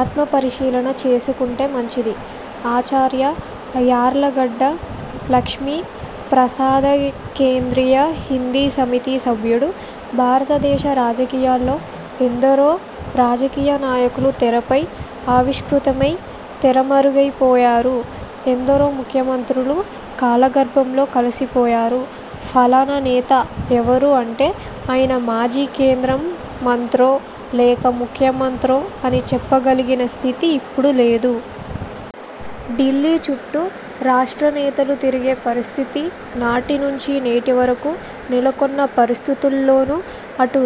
ఆత్మపరిశీలన చేసుకుంటే మంచిది. ఆచార్య యార్లగడ్డ లక్ష్మీ ప్రసాద్కేంద్రీయ హిందీ సమితి సభ్యుడు భారతదేశ రాజకీయాల్లో ఎందరో రాజకీయ నాయకులు తెరపై ఆవిష్కృతమై తెరమరుగయిపోయారు. ఎందరో ముఖ్యమంత్రులు కాలగర్భంలో కలిసిపోయారు. ఫలానా నేత ఎవరు అంటే ఆయన మాజీ కేంద్రమంత్రో – లేక ముఖ్యమంత్రో అని చెప్పగలిగిన స్థితి ఇప్పుడు లేదు. ఢిల్లీ చుట్టూ రాష్ట్ర నేతలు తిరిగే పరిస్థితి నాటినుంచి నేటి వరకు నెలకొన్న పరిస్థితుల్లోనూ అటు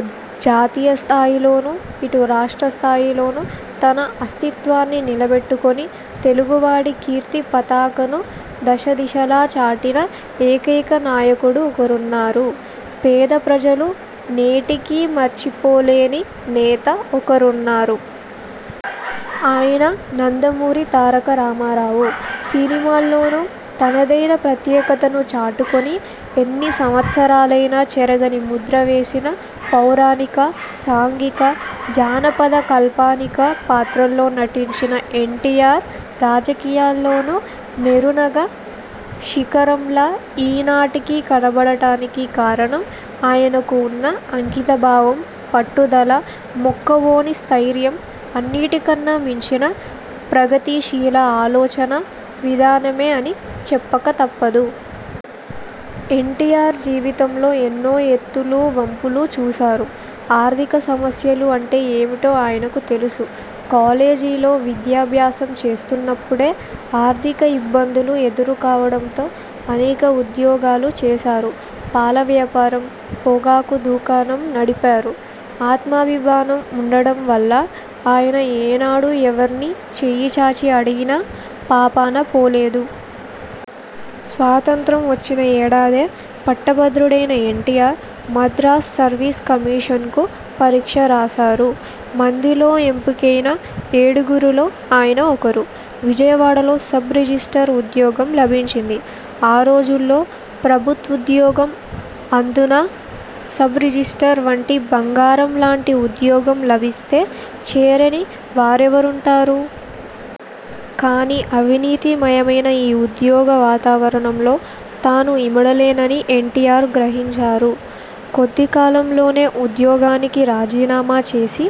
జాతీయస్థాయిలోనూ, ఇటు రాష్ట్ర స్థాయిలోనూ తన అస్తిత్వాన్ని నిలబెట్టుకుని, తెలుగువాడి కీర్తి పతాకను దశదిశలా చాటిన ఏకైక నాయకుడు ఒకరున్నారు. పేద ప్రజలు నేటికీ మరిచిపోలేని నేత ఒకరున్నారు. ఆయన నందమూరి తారక రామారావు. సినిమాల్లోనూ తనదైన ప్రత్యేకతను చాటుకుని ఎన్ని సంవత్సరాలైనా చెరగని ముద్ర వేసిన పౌరాణిక, సాంఘిక, జానపద కాల్పనిక పాత్రల్లో నటించిన ఎన్టీఆర్ రాజకీయాల్లోనూ మేరునగ శిఖరంలా ఈ నాటికి కనబడడానికి కారణం ఆయనకు ఉన్న అంకితభావం, పట్టుదల, మొక్కవోని స్థైర్యం అన్నిటికన్నా మించిన ప్రగతిశీల ఆలోచనా విధానమే అని చెప్పక తప్పదు. ఎన్టీఆర్ జీవితంలో ఎన్నో ఎత్తులు వంపులు చూశారు. ఆర్థిక సమస్యలు అంటే ఏమిటో ఆయనకు తెలుసు. కాలేజీలో విద్యాభ్యాసం చేస్తున్నప్పుడే ఆర్థిక ఇబ్బందులు ఎదురు కావడంతో అనేక ఉద్యోగాలు చేశారు. పాలవ్యాపారం, పొగాకు దుకాణం నడిపారు. ఆత్మాభిమానం ఉండడం వల్ల ఆయన ఏనాడూ ఎవర్నీ చేయిచాచి అడిగిన పాపాన పోలేదు. స్వాతంత్ర్యం వచ్చిన ఏడాదే పట్టభద్రుడైన ఎన్టీఆర్ మద్రాస్ సర్వీస్ కమిషన్కు పరీక్ష రాశారు. మందిలో ఎంపికైన ఏడుగురిలో ఆయన ఒకరు. విజయవాడలో సబ్ రిజిస్ట్రార్ ఉద్యోగం లభించింది. ఆ రోజుల్లో ప్రభుత్వోద్యోగం అందునా సబ్ రిజిస్ట్రార్ వంటి బంగారం లాంటి ఉద్యోగం లభిస్తే చేరని వారెవరుంటారు? కాని అవినీతి మయమైన ఈ ఉద్యోగ వాతావరణంలో తాను ఇమడలేనని ఎన్టీఆర్ గ్రహించారు. కొద్ది కాలంలోనే ఉద్యోగానికి రాజీనామా చేసి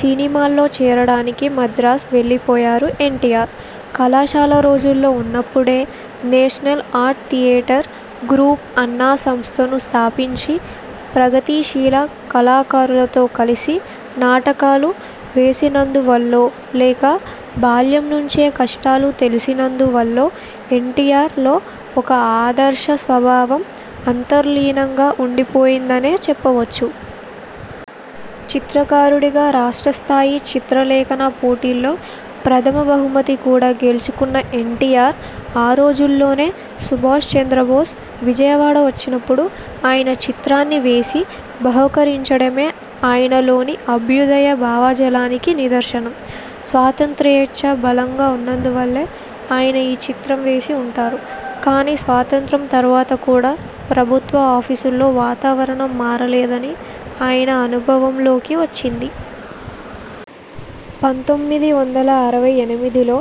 సినిమాల్లో చేరడానికి మద్రాస్ వెళ్లిపోయారు ఎన్టీఆర్. కళాశాల రోజుల్లో ఉన్నప్పుడే నేషనల్ ఆర్ట్ థియేటర్ గ్రూప్ అన్న సంస్థను స్థాపించి ప్రగతిశీల కళాకారులతో కలిసి నాటకాలు వేసినందువల్లో లేక బాల్యం నుంచే కష్టాలు తెలిసినందువల్లో ఎన్టీఆర్లో ఒక ఆదర్శ స్వభావం అంతర్లీనంగా ఉండిపోయిందనే చెప్పవచ్చు. చిత్రకారుడుగా రాష్ట్ర స్థాయి చిత్రలేఖన పోటీల్లో ప్రథమ బహుమతి కూడా గెలుచుకున్న ఎన్టీఆర్ ఆ రోజుల్లోనే సుభాష్ చంద్రబోస్ విజయవాడ వచ్చినప్పుడు ఆయన చిత్రాన్ని వేసి బహూకరించడమే ఆయనలోని అభ్యుదయ భావజాలానికి నిదర్శనం. స్వాతంత్ర్యేచ్ఛ బలంగా ఉన్నందువల్లే ఆయన ఈ చిత్రం వేసి ఉంటారు. కాని స్వాతంత్ర్యం తర్వాత కూడా ప్రభుత్వ ఆఫీసుల్లో వాతావరణం మారలేదని ఆయన అనుభవంలోకి వచ్చింది. పంతొమ్మిది వందల అరవై ఎనిమిదిలో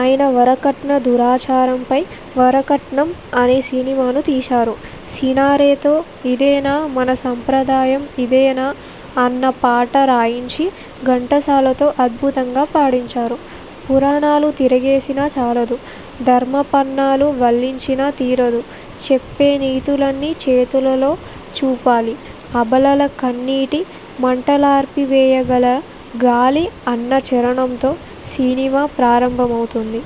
ఆయన వరకట్న దురాచారంపై వరకట్నం అనే సినిమాను తీశారు. సినారేతో ఇదేనా మన సంప్రదాయమిదేనా అన్న పాట రాయించి ఘంటసాలతో అద్భుతంగా పాడించారు. పురాణాలు తిరగేసిన చాలదు, ధర్మ పన్నాలు వల్లించిన తీరదు చెప్పే నీతులన్నీ చేతలలో చూపాలి, అబలల కన్నీటి మంటలార్పివేయ గలగాలి అన్న చరణంతో సినిమా ప్రారంభమవుతుంది.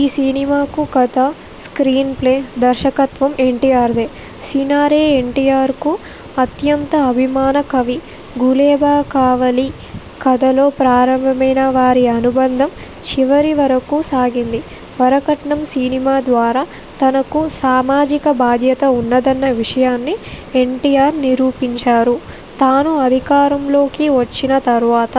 ఈ సినిమాకు కథ, స్క్రీన్ ప్లే, దర్శకత్వం ఎన్టీఆర్దే. సినారే ఎన్టీఆర్కు అత్యంత అభిమాన కవి. గులేబకావళి కథతో ప్రారంభమైన వారి అనుబంధం చివరివరకూ సాగింది. వరకట్నం సినిమా ద్వారా తనకు సామాజిక బాధ్యత ఉన్నదన్న విషయాన్ని ఎన్టీఆర్ నిరూపించారు. తాను అధికారంలోకి వచ్చిన తర్వాత